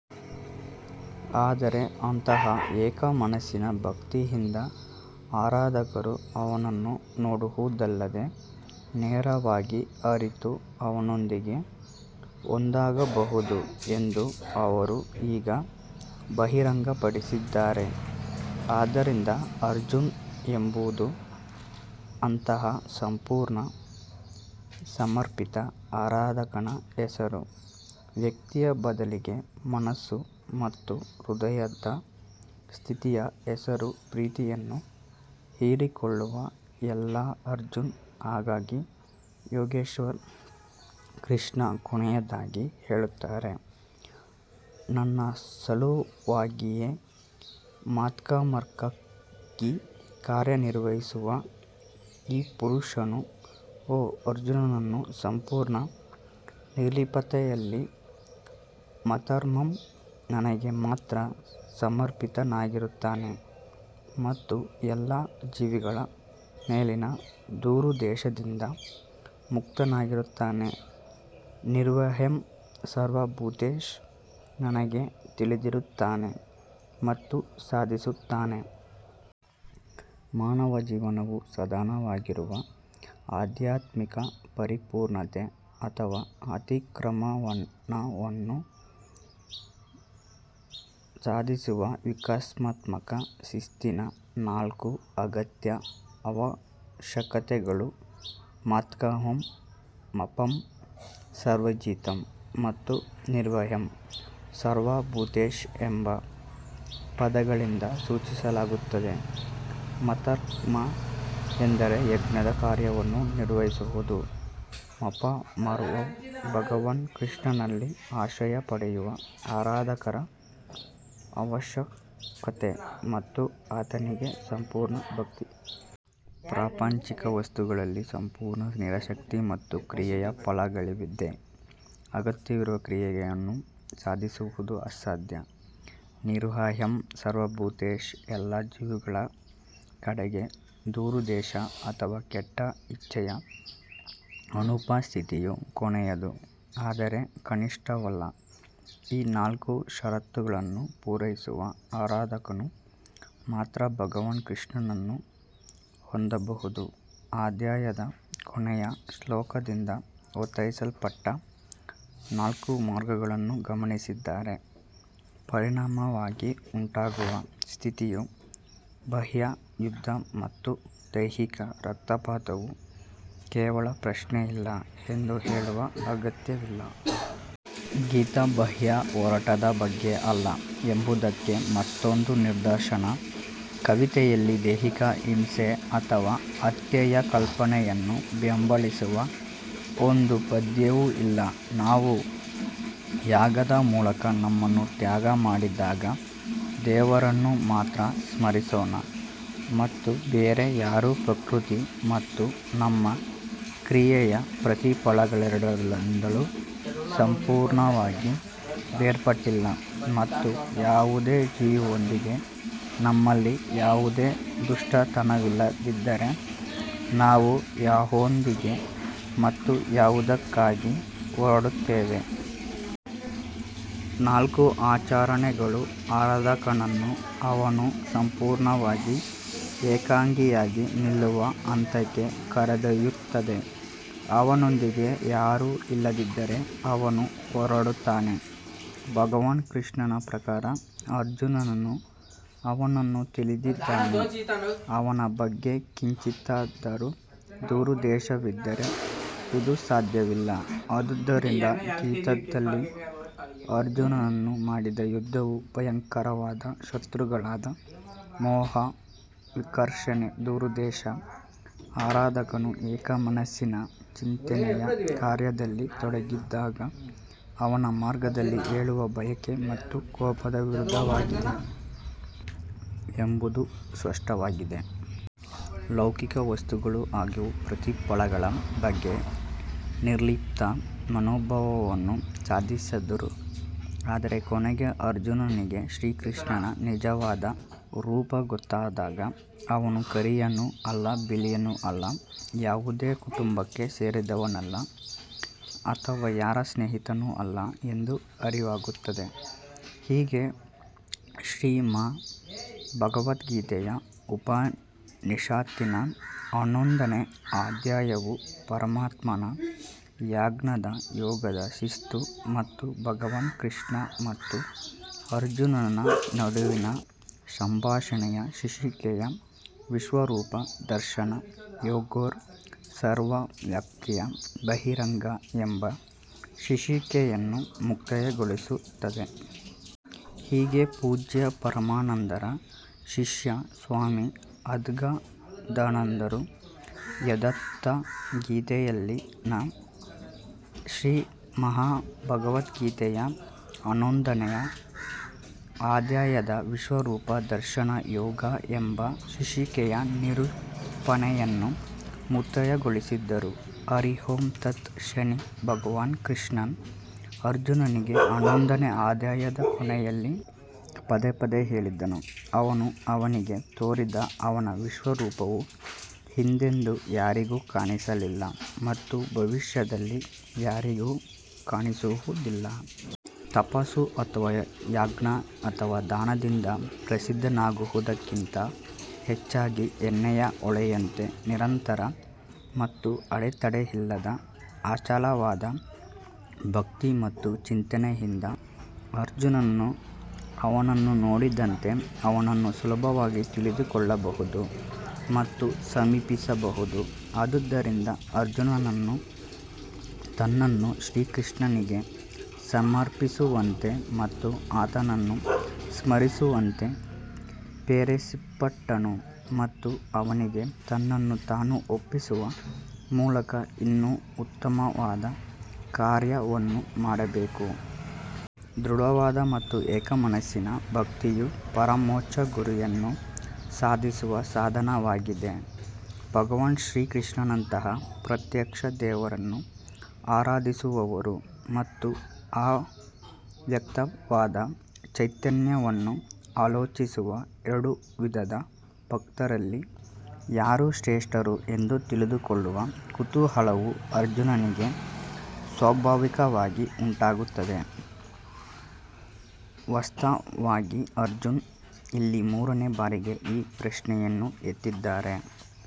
ಆದರೆ ಅಂತಹ ಏಕಮನಸ್ಸಿನ ಭಕ್ತಿಯಿಂದ ಆರಾಧಕರು ಅವನನ್ನು ನೋಡುವುದಲ್ಲದೆ ನೇರವಾಗಿ ಅರಿತು ಅವನೊಂದಿಗೆ ಒಂದಾಗಬಹುದು ಎಂದು ಅವರು ಈಗ ಬಹಿರಂಗಪಡಿಸಿದ್ದಾರೆ. ಆದ್ದರಿಂದ ಅರ್ಜುನ್ ಎಂಬುದು ಅಂತಹ ಸಂಪೂರ್ಣ ಸಮರ್ಪಿತ ಆರಾಧಕನ ಹೆಸರು ವ್ಯಕ್ತಿಯ ಬದಲಿಗೆ ಮನಸ್ಸು ಮತ್ತು ಹೃದಯದ ಸ್ಥಿತಿಯ ಹೆಸರು ಪ್ರೀತಿಯನ್ನು ಹೀರಿಕೊಳ್ಳುವ ಎಲ್ಲಾ ಅರ್ಜುನ್ ಹಾಗಾಗಿ ಯೋಗೇಶ್ವರ್ ಕೃಷ್ಣ ಕೊನೆಯದಾಗಿ ಹೇಳುತ್ತಾರೆ ನನ್ನ ಸಲುವಾಗಿಯೇ ಮತ್ಕರ್ಮಕ್ಕಾಗಿ ಕಾರ್ಯನಿರ್ವಹಿಸುವ ಈ ಪುರುಷನು ಓ ಅರ್ಜುನನು ಸಂಪೂರ್ಣ ನಿರ್ಲಿಪ್ತತೆಯಲ್ಲಿ ಮತ್ಪರ್ಮಃ ನನಗೆ ಮಾತ್ರ ಸಮರ್ಪಿತನಾಗಿರುತ್ತಾನೆ ಮತ್ತು ಎಲ್ಲಾ ಜೀವಿಗಳ ಮೇಲಿನ ದುರುದ್ದೇಶದಿಂದ ಮುಕ್ತನಾಗಿರುತ್ತಾನೆ ನಿರ್ವೈರಃ ಸರ್ವಭೂತೇಷು ನನಗೆ ತಿಳಿದಿರುತ್ತಾನೆ ಮತ್ತು ಸಾಧಿಸುತ್ತಾನೆ. ಮಾನವ ಜೀವನವು ಸಾಧನವಾಗಿರುವ ಆಧ್ಯಾತ್ಮಿಕ ಪರಿಪೂರ್ಣತೆ ಅಥವಾ ಅತಿಕ್ರಮಣವನ್ನು ಸಾಧಿಸುವ ವಿಕಾಸಾತ್ಮಕ ಶಿಸ್ತಿನ ನಾಲ್ಕು ಅಗತ್ಯ ಅವಶ್ಯಕತೆಗಳನ್ನು ಮತ್ಕರ್ಮಃ ಮತ್ಪರ್ಮಃ ಸಂವರ್ಜಿತಃ ಮತ್ತು ನಿರ್ವೈರಃ ಸರ್ವಭೂತೇಷು ಎಂಬ ಪದಗಳಿಂದ ಸೂಚಿಸಲಾಗುತ್ತದೆ. ಮತ್ಕರ್ಮ ಎಂದರೆ ಯಜ್ಞದ ಕಾರ್ಯವನ್ನು ನಿರ್ವಹಿಸುವುದು ಮತ್ಪರ್ಮವು ಭಗವಾನ್ ಕೃಷ್ಣನಲ್ಲಿ ಆಶ್ರಯ ಪಡೆಯುವ ಆರಾಧಕರ ಅವಶ್ಯಕತೆ ಮತ್ತು ಆತನಿಗೆ ಸಂಪೂರ್ಣ ಭಕ್ತಿ. ಪ್ರಾಪಂಚಿಕ ವಸ್ತುಗಳಲ್ಲಿ ಸಂಪೂರ್ಣ ನಿರಾಸಕ್ತಿ ಮತ್ತು ಕ್ರಿಯೆಯ ಫಲಗಳಿಲ್ಲದೆ ಅಗತ್ಯವಿರುವ ಕ್ರಿಯೆಯನ್ನು ಸಾಧಿಸುವುದು ಅಸಾಧ್ಯ. ನಿರ್ವ್ರೈರಃ ಸರ್ವಭೂತೇಷು ಎಲ್ಲಾ ಜೀವಿಗಳ ಕಡೆಗೆ ದುರುದ್ದೇಶ ಅಥವಾ ಕೆಟ್ಟ ಇಚ್ಛೆಯ ಅನುಪಸ್ಥಿತಿಯು ಕೊನೆಯದು ಆದರೆ ಕನಿಷ್ಠವಲ್ಲ ಈ ನಾಲ್ಕು ಷರತ್ತುಗಳನ್ನು ಪೂರೈಸುವ ಆರಾಧಕನು ಮಾತ್ರ ಭಗವಾನ್ ಕೃಷ್ಣನನ್ನು ಹೊಂದಬಹುದು ಅಧ್ಯಾಯದ ಕೊನೆಯ ಶ್ಲೋಕದಿಂದ ಒತ್ತಾಯಿಸಲ್ಪಟ್ಟ ನಾಲ್ಕು ಮಾರ್ಗಗಳನ್ನು ಗಮನಿಸಿದರೆ ಪರಿಣಾಮವಾಗಿ ಉಂಟಾಗುವ ಸ್ಥಿತಿಯು ಬಾಹ್ಯ ಯುದ್ಧ ಮತ್ತು ದೈಹಿಕ ರಕ್ತಪಾತವು ಕೇವಲ ಪ್ರಶ್ನೆಯಿಲ್ಲ ಎಂದು ಹೇಳುವ ಅಗತ್ಯವಿಲ್ಲ. ಗೀತಾ ಬಾಹ್ಯ ಹೋರಾಟದ ಬಗ್ಗೆ ಅಲ್ಲ ಎಂಬುದಕ್ಕೆ ಮತ್ತೊಂದು ನಿದರ್ಶನ ಕವಿತೆಯಲ್ಲಿ ದೈಹಿಕ ಹಿಂಸೆ ಅಥವಾ ಹತ್ಯೆಯ ಕಲ್ಪನೆಯನ್ನು ಬೆಂಬಲಿಸುವ ಒಂದು ಪದ್ಯವೂ ಇಲ್ಲ ನಾವು ಯಾಗದ ಮೂಲಕ ನಮ್ಮನ್ನು ತ್ಯಾಗ ಮಾಡಿದಾಗ ದೇವರನ್ನು ಮಾತ್ರ ಸ್ಮರಿಸೋಣ ಮತ್ತು ಬೇರೆ ಯಾರೂ ಪ್ರಕೃತಿ ಮತ್ತು ನಮ್ಮ ಕ್ರಿಯೆಯ ಪ್ರತಿಫಲಗಳೆರಡರಿಂದಲೂ ಸಂಪೂರ್ಣವಾಗಿ ಬೇರ್ಪಟ್ಟಿಲ್ಲ ಮತ್ತು ಯಾವುದೇ ಜೀವಿಯೊಂದಿಗೆ ನಮ್ಮಲ್ಲಿ ಯಾವುದೇ ದುಷ್ಟತನವಿಲ್ಲದಿದ್ದರೆ ನಾವು ಯಾರೊಂದಿಗೆ ಮತ್ತು ಯಾವುದಕ್ಕಾಗಿ ಹೋರಾಡುತ್ತೇವೆ. ನಾಲ್ಕು ಆಚರಣೆಗಳು ಆರಾಧಕನನ್ನು ಅವನು ಸಂಪೂರ್ಣವಾಗಿ ಏಕಾಂಗಿಯಾಗಿ ನಿಲ್ಲುವ ಹಂತಕ್ಕೆ ಕರೆದೊಯ್ಯುತ್ತದೆ ಅವನೊಂದಿಗೆ ಯಾರೂ ಇಲ್ಲದಿದ್ದರೆ ಅವನು ಹೋರಾಡುತ್ತಾನೆ ಭಗವಾನ್ ಕೃಷ್ಣನ ಪ್ರಕಾರ ಅರ್ಜುನನು ಅವನನ್ನು ತಿಳಿದಿದ್ದಾನೆ ಅವನ ಬಗ್ಗೆ ಕಿಂಚಿತ್ತಾದರೂ ದುರುದ್ದೇಶವಿದ್ದರೆ ಇದು ಸಾಧ್ಯವಿಲ್ಲ ಆದುದರಿಂದ ಗೀತಾದಲ್ಲಿ ಅರ್ಜುನನು ಮಾಡಿದ ಯುದ್ಧವು ಭಯಂಕರವಾದ ಶತ್ರುಗಳಾದ ಮೋಹ ವಿಕರ್ಷಣೆ ದುರುದ್ದೇಶ ಆರಾಧಕನು ಏಕಮನಸ್ಸಿನ ಚಿಂತನೆಯ ಕಾರ್ಯದಲ್ಲಿ ತೊಡಗಿದಾಗ ಅವನ ಮಾರ್ಗದಲ್ಲಿ ಏಳುವ ಬಯಕೆ ಮತ್ತು ಕೋಪದ ವಿರುದ್ಧವಾಗಿದೆ ಎಂಬುದು ಸ್ಪಷ್ಟವಾಗಿದೆ. ಲೌಕಿಕ ವಸ್ತುಗಳು ಹಾಗೂ ಪ್ರತಿಫಲಗಳ ಬಗ್ಗೆ ನಿರ್ಲಿಪ್ತ ಮನೋಭಾವವನ್ನು ಸಾಧಿಸಿದರು ಆದರೆ ಕೊನೆಗೆ ಅರ್ಜುನನಿಗೆ ಶ್ರೀಕೃಷ್ಣನ ನಿಜವಾದ ರೂಪ ಗೊತ್ತಾದಾಗ ಅವನು ಕರಿಯನೂ ಅಲ್ಲ ಬಿಳಿಯೂ ಅಲ್ಲ ಯಾವುದೇ ಕುಟುಂಬಕ್ಕೆ ಸೇರಿದವನಲ್ಲ ಅಥವಾ ಯಾರ ಸ್ನೇಹಿತನೂ ಅಲ್ಲ ಎಂದು ಅರಿವಾಗುತ್ತದೆ. ಹೀಗೆ ಶ್ರೀಮದ್ಭಗವದ್ಗೀತೆಯ ಉಪನಿಷತ್ತಿನ ಹನ್ನೊಂದನೇ ಅಧ್ಯಾಯವು ಪರಮಾತ್ಮನ ಜ್ಞಾನದ ಯೋಗದ ಶಿಸ್ತು ಮತ್ತು ಭಗವಾನ್ ಕೃಷ್ಣ ಮತ್ತು ಅರ್ಜುನನ ನಡುವಿನ ಸಂಭಾಷಣೆಯ ಶೀರ್ಷಿಕೆಯ ವಿಶ್ವರೂಪ ದರ್ಶನ ಯೋಗೋರ್ ಸರ್ವವ್ಯಾಪಿಯ ಬಹಿರಂಗ ಎಂಬ ಶೀರ್ಷಿಕೆಯನ್ನು ಮುಕ್ತಾಯಗೊಳಿಸುತ್ತದೆ. ಹೀಗೆ ಪೂಜ್ಯ ಪರಮಾನಂದರ ಶಿಷ್ಯ ಸ್ವಾಮಿ ಅದ್ಗದಾನಂದರು ಯಥಾರ್ಥ ಗೀತೆಯಲ್ಲಿನ ಶ್ರೀಮದ್ಭಗವದ್ಗೀತೆಯ ಹನ್ನೊಂದನೇ ಅಧ್ಯಾಯದ ವಿಶ್ವರೂಪ ದರ್ಶನ ಯೋಗ ಎಂಬ ಶೀರ್ಷಿಕೆಯ ನಿರೂಪಣೆಯನ್ನು ಮುಕ್ತಾಯಗೊಳಿಸಿದರು. ಹರಿ ಓಂ ತತ್ ಶನಿ ಭಗವಾನ್ ಕೃಷ್ಣನು ಅರ್ಜುನನಿಗೆ ಹನ್ನೊಂದನೇ ಅಧ್ಯಾಯದ ಕೊನೆಯಲ್ಲಿ ಪದೇ ಪದೇ ಹೇಳಿದನು ಅವನು ಅವನಿಗೆ ತೋರಿದ ಅವನ ವಿಶ್ವರೂಪವು ಹಿಂದೆಂದೂ ಯಾರಿಗೂ ಕಾಣಿಸಲಿಲ್ಲ ಮತ್ತು ಭವಿಷ್ಯದಲ್ಲಿ ಯಾರಿಗೂ ಕಾಣಿಸುವುದಿಲ್ಲ. ತಪಸ್ಸು ಅಥವಾ ಯಜ್ಞ ಅಥವಾ ದಾನದಿಂದ ಪ್ರಸಿದ್ಧನಾಗುವುದಕ್ಕಿಂತ ಹೆಚ್ಚಾಗಿ ಎಣ್ಣೆಯ ಹೊಳೆಯಂತೆ ನಿರಂತರ ಮತ್ತು ಅಡೆತಡೆಯಿಲ್ಲದ ಅಚಲವಾದ ಭಕ್ತಿ ಮತ್ತು ಚಿಂತನೆಯಿಂದ ಅರ್ಜುನನು ಅವನನ್ನು ನೋಡಿದಂತೆ ಅವನನ್ನು ಸುಲಭವಾಗಿ ತಿಳಿದುಕೊಳ್ಳಬಹುದು ಮತ್ತು ಸಮೀಪಿಸಬಹುದು. ಆದುದರಿಂದ ಅರ್ಜುನನು ತನ್ನನ್ನು ಶ್ರೀಕೃಷ್ಣನಿಗೆ ಸಮರ್ಪಿಸುವಂತೆ ಮತ್ತು ಆತನನ್ನು ಸ್ಮರಿಸುವಂತೆ ಪ್ರೇರೇಪಿಸಲ್ಪಟ್ಟನು ಮತ್ತು ಅವನಿಗೆ ತನ್ನನ್ನು ತಾನು ಒಪ್ಪಿಸುವ ಮೂಲಕ ಇನ್ನೂ ಉತ್ತಮವಾದ ಕಾರ್ಯವನ್ನು ಮಾಡಬೇಕು. ದೃಢವಾದ ಮತ್ತು ಏಕ ಮನಸ್ಸಿನ ಭಕ್ತಿಯು ಪರಮೋಚ್ಚ ಗುರಿಯನ್ನು ಸಾಧಿಸುವ ಸಾಧನವಾಗಿದೆ ಭಗವಾನ್ ಶ್ರೀಕೃಷ್ಣನಂತಹ ಪ್ರತ್ಯಕ್ಷ ದೇವರನ್ನು ಆರಾಧಿಸುವವರು ಮತ್ತು ಅವ್ಯಕ್ತವಾದ ಚೈತನ್ಯವನ್ನು ಆಲೋಚಿಸುವ ಎರಡು ವಿಧದ ಭಕ್ತರಲ್ಲಿ ಯಾರು ಶ್ರೇಷ್ಠರು ಎಂದು ತಿಳಿದುಕೊಳ್ಳುವ ಕುತೂಹಲವು ಅರ್ಜುನನಿಗೆ ಸ್ವಾಭಾವಿಕವಾಗಿ ಉಂಟಾಗುತ್ತದೆ. ವಾಸ್ತವವಾಗಿ ಅರ್ಜುನ್ ಇಲ್ಲಿ ಮೂರನೇ ಬಾರಿಗೆ ಈ ಪ್ರಶ್ನೆಯನ್ನು ಎತ್ತಿದ್ದಾರೆ.